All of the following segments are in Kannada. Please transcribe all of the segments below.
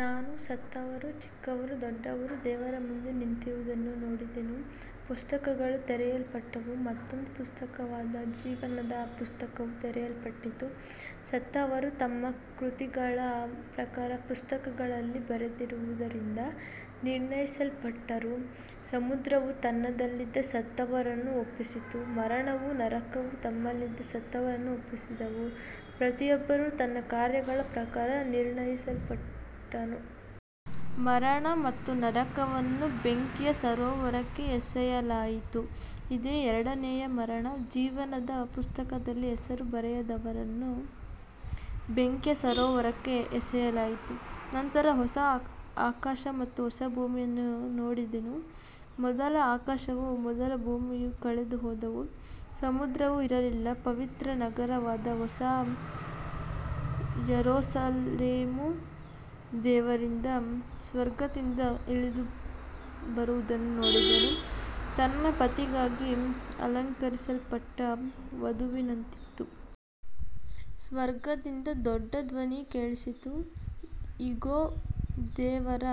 ನಾನು ಸತ್ತವರು, ಚಿಕ್ಕವರೂ ದೊಡ್ಡವರೂ, ದೇವರ ಮುಂದೆ ನಿಂತಿರುವುದನ್ನು ನೋಡಿದೆನು. ಪುಸ್ತಕಗಳು ತೆರೆಯಲ್ಪಟ್ಟವು, ಮತ್ತೊಂದು ಪುಸ್ತಕವಾದ ಜೀವನದ ಪುಸ್ತಕವೂ ತೆರೆಯಲ್ಪಟ್ಟಿತು. ಸತ್ತವರು ತಮ್ಮ ಕೃತಿಗಳ ಪ್ರಕಾರ ಪುಸ್ತಕಗಳಲ್ಲಿ ಬರೆದಿರುವುದರಿಂದ ನಿರ್ಣಯಿಸಲ್ಪಟ್ಟರು. ಸಮುದ್ರವು ತನ್ನಲ್ಲಿದ್ದ ಸತ್ತವರನ್ನು ಒಪ್ಪಿಸಿತು, ಮರಣವೂ ನರಕವೂ ತಮ್ಮಲ್ಲಿದ್ದ ಸತ್ತವರನ್ನು ಒಪ್ಪಿಸಿದವು. ಪ್ರತಿಯೊಬ್ಬನೂ ತನ್ನ ಕಾರ್ಯಗಳ ಪ್ರಕಾರ ನಿರ್ಣಯಿಸಲ್ಪಟ್ಟನು. ಮರಣ ಮತ್ತು ನರಕವನ್ನು ಬೆಂಕಿಯ ಸರೋವರಕ್ಕೆ ಎಸೆಯಲಾಯಿತು, ಇದೇ ಎರಡನೆಯ ಮರಣ. ಜೀವನದ ಪುಸ್ತಕದಲ್ಲಿ ಹೆಸರು ಬರೆಯದವರನ್ನೂ ಬೆಂಕಿಯ ಸರೋವರಕ್ಕೆ ಎಸೆಯಲಾಯಿತು. ನಂತರ ಹೊಸ ಆಕಾಶ ಮತ್ತು ಹೊಸ ಭೂಮಿಯನ್ನು ನೋಡಿದೆನು. ಮೊದಲ ಆಕಾಶವೂ ಮೊದಲ ಭೂಮಿಯೂ ಕಳೆದುಹೋದವು, ಸಮುದ್ರವೂ ಇರಲಿಲ್ಲ. ಪವಿತ್ರನಗರವಾದ ಹೊಸ ಯೆರೂಸಲೇಮು ದೇವರಿಂದ ಸ್ವರ್ಗದಿಂದ ಇಳಿದುಬರುವುದನ್ನು ನೋಡಿದೆನು, ತನ್ನ ಪತಿಗಾಗಿ ಅಲಂಕರಿಸಲ್ಪಟ್ಟ ವಧುವಿನಂತಿತ್ತು. ಸ್ವರ್ಗದಿಂದ ದೊಡ್ಡ ಧ್ವನಿ ಕೇಳಿಸಿತು, ಇಗೋ, ದೇವರ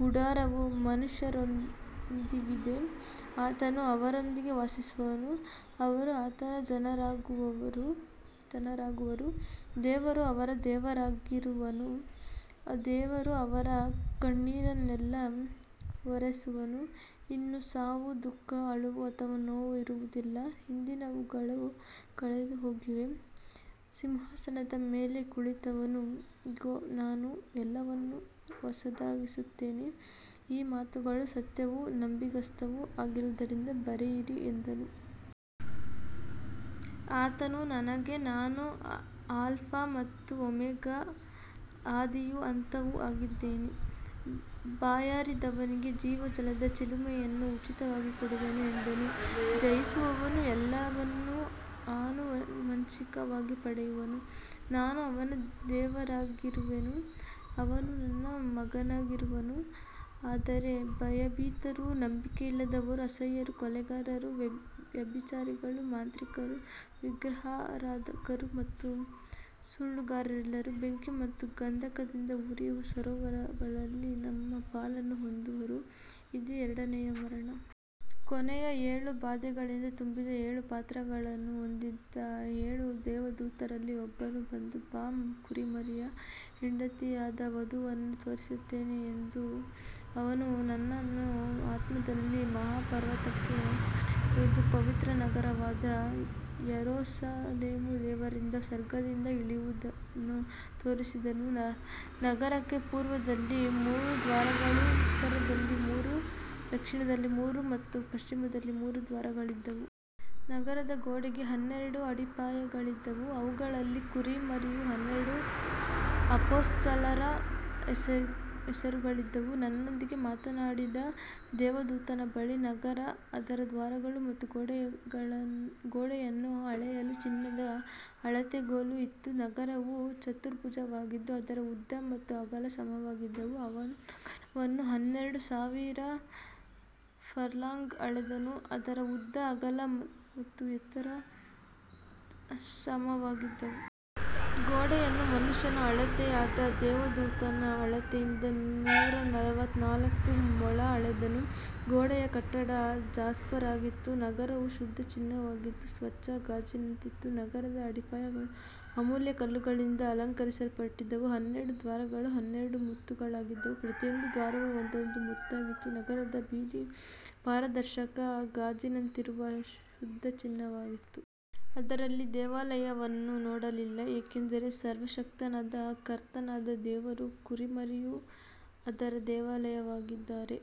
ಗುಡಾರವು ಮನುಷ್ಯರೊಂದಿಗಿದೆ, ಆತನು ಅವರೊಂದಿಗೆ ವಾಸಿಸುವನು, ಅವರು ಆತನ ಜನರಾಗುವರು, ದೇವರು ಅವರ ದೇವರಾಗಿರುವನು. ದೇವರು ಅವರ ಕಣ್ಣೀರನ್ನೆಲ್ಲ ಒರೆಸುವನು. ಇನ್ನು ಸಾವು, ದುಃಖ, ಅಳುವು ಅಥವಾ ನೋವು ಇರುವುದಿಲ್ಲ, ಹಿಂದಿನವುಗಳು ಕಳೆದುಹೋಗಿವೆ. ಸಿಂಹಾಸನದ ಮೇಲೆ ಕುಳಿತವನು, ಇಗೋ, ನಾನು ಎಲ್ಲವನ್ನೂ ಹೊಸದಾಗಿಸುತ್ತೇನೆ, ಈ ಮಾತುಗಳು ಸತ್ಯವೂ ನಂಬಿಗಸ್ತವೂ ಆಗಿರುವುದರಿಂದ ಬರೆಯಿರಿ ಎಂದನು. ಆತನು ನನಗೆ, ನಾನು ಆಲ್ಫಾ ಮತ್ತು ಓಮೆಗಾ, ಆದಿಯೂ ಅಂತ್ಯವೂ ಆಗಿದ್ದೇನೆ, ಬಾಯಾರಿದವನಿಗೆ ಜೀವಜಲದ ಚಿಲುಮೆಯನ್ನು ಉಚಿತವಾಗಿ ಕೊಡುವೆನು ಎಂದನು. ಜಯಿಸುವವನು ಎಲ್ಲವನ್ನೂ ಆನುವಂಶಿಕವಾಗಿ ಪಡೆಯುವನು, ನಾನು ಅವನ ದೇವರಾಗಿರುವೆನು, ಅವನು ನನ್ನ ಮಗನಾಗಿರುವನು. ಆದರೆ ಭಯಭೀತರು, ನಂಬಿಕೆಯಿಲ್ಲದವರು, ಅಸಹ್ಯರು, ಕೊಲೆಗಾರರು, ವ್ಯಭಿಚಾರಿಗಳು, ಮಾಂತ್ರಿಕರು, ವಿಗ್ರಹಾರಾಧಕರು ಮತ್ತು ಸುಳ್ಳುಗಾರರೆಲ್ಲರೂ ಬೆಂಕಿ ಮತ್ತು ಗಂಧಕದಿಂದ ಉರಿಯುವ ಸರೋವರದಲ್ಲಿ ತಮ್ಮ ಪಾಲನ್ನು ಹೊಂದುವರು, ಇದೇ ಎರಡನೆಯ ಮರಣ. ಕೊನೆಯ ಏಳು ಬಾಧೆಗಳಿಂದ ತುಂಬಿದ ಏಳು ಪಾತ್ರಗಳನ್ನು ಹೊಂದಿದ್ದ ಏಳು ದೇವದೂತರಲ್ಲಿ ಒಬ್ಬನು ಬಂದು, ಬಾ, ಕುರಿಮರಿಯ ಹೆಂಡತಿಯಾದ ವಧುವನ್ನು ತೋರಿಸುತ್ತೇನೆ ಎಂದನು. ಅವನು ನನ್ನನ್ನು ಆತ್ಮದಲ್ಲಿ ಮಹಾಪರ್ವತಕ್ಕೆ ಕರೆದೊಯ್ದು, ಪವಿತ್ರನಗರವಾದ ಯೆರೂಸಲೇಮು ದೇವರಿಂದ ಸ್ವರ್ಗದಿಂದ ಇಳಿಯುವುದನ್ನು ತೋರಿಸಿದನು. ನಗರಕ್ಕೆ ಪೂರ್ವದಲ್ಲಿ ಮೂರು ದ್ವಾರಗಳು, ಉತ್ತರದಲ್ಲಿ ಮೂರು, ದಕ್ಷಿಣದಲ್ಲಿ ಮೂರು ಮತ್ತು ಪಶ್ಚಿಮದಲ್ಲಿ ಮೂರು ದ್ವಾರಗಳಿದ್ದವು. ನಗರದ ಗೋಡೆಗೆ ಹನ್ನೆರಡು ಅಡಿಪಾಯಗಳಿದ್ದವು, ಅವುಗಳಲ್ಲಿ ಕುರಿಮರಿಯ ಹನ್ನೆರಡು ಅಪೊಸ್ತಲರ ಹೆಸರುಗಳಿದ್ದವು. ನನ್ನೊಂದಿಗೆ ಮಾತನಾಡಿದ ದೇವದೂತನ ಬಳಿ ನಗರ, ಅದರ ದ್ವಾರಗಳು ಮತ್ತು ಗೋಡೆಯನ್ನು ಅಳೆಯಲು ಚಿನ್ನದ ಅಳತೆಗೋಲು ಇತ್ತು. ನಗರವು ಚತುರ್ಭುಜವಾಗಿದ್ದು, ಅದರ ಉದ್ದ ಮತ್ತು ಅಗಲ ಸಮವಾಗಿದ್ದವು. ಅವನು ನಗರವನ್ನು ಹನ್ನೆರಡು ಸಾವಿರ ಫರ್ಲಾಂಗ್ ಅಳೆದನು, ಅದರ ಉದ್ದ, ಅಗಲ ಮತ್ತು ಎತ್ತರ ಸಮವಾಗಿದ್ದವು. ಗೋಡೆಯನ್ನು ಮನುಷ್ಯನ ಅಳತೆಯಾದ ದೇವದೂತನ ಅಳತೆಯಿಂದ ನೂರ ನಲವತ್ತನಾಲ್ಕು ಮೊಳ ಅಳೆದನು. ಗೋಡೆಯ ಕಟ್ಟಡ ಜಾಸ್ಪರ್ ಆಗಿತ್ತು, ನಗರವು ಶುದ್ಧ ಚಿನ್ನವಾಗಿದ್ದು, ಸ್ವಚ್ಛ ಗಾಜಿನಂತಿತ್ತು. ನಗರದ ಅಡಿಪಾಯಗಳು ಅಮೂಲ್ಯ ಕಲ್ಲುಗಳಿಂದ ಅಲಂಕರಿಸಲ್ಪಟ್ಟಿದ್ದವು, ಹನ್ನೆರಡು ದ್ವಾರಗಳು ಹನ್ನೆರಡು ಮುತ್ತುಗಳಾಗಿದ್ದವು, ಪ್ರತಿಯೊಂದು ದ್ವಾರವೂ ಒಂದೊಂದು ಮುತ್ತಾಗಿತ್ತು. ನಗರದ ಬೀದಿ ಪಾರದರ್ಶಕ ಗಾಜಿನಂತಿರುವ ಶುದ್ಧ ಚಿನ್ನವಾಗಿತ್ತು. ಅದರಲ್ಲಿ ದೇವಾಲಯವನ್ನು ನೋಡಲಿಲ್ಲ, ಏಕೆಂದರೆ ಸರ್ವಶಕ್ತನಾದ ಕರ್ತನಾದ ದೇವರೂ ಕುರಿಮರಿಯೂ ಅದರ ದೇವಾಲಯವಾಗಿದ್ದಾರೆ.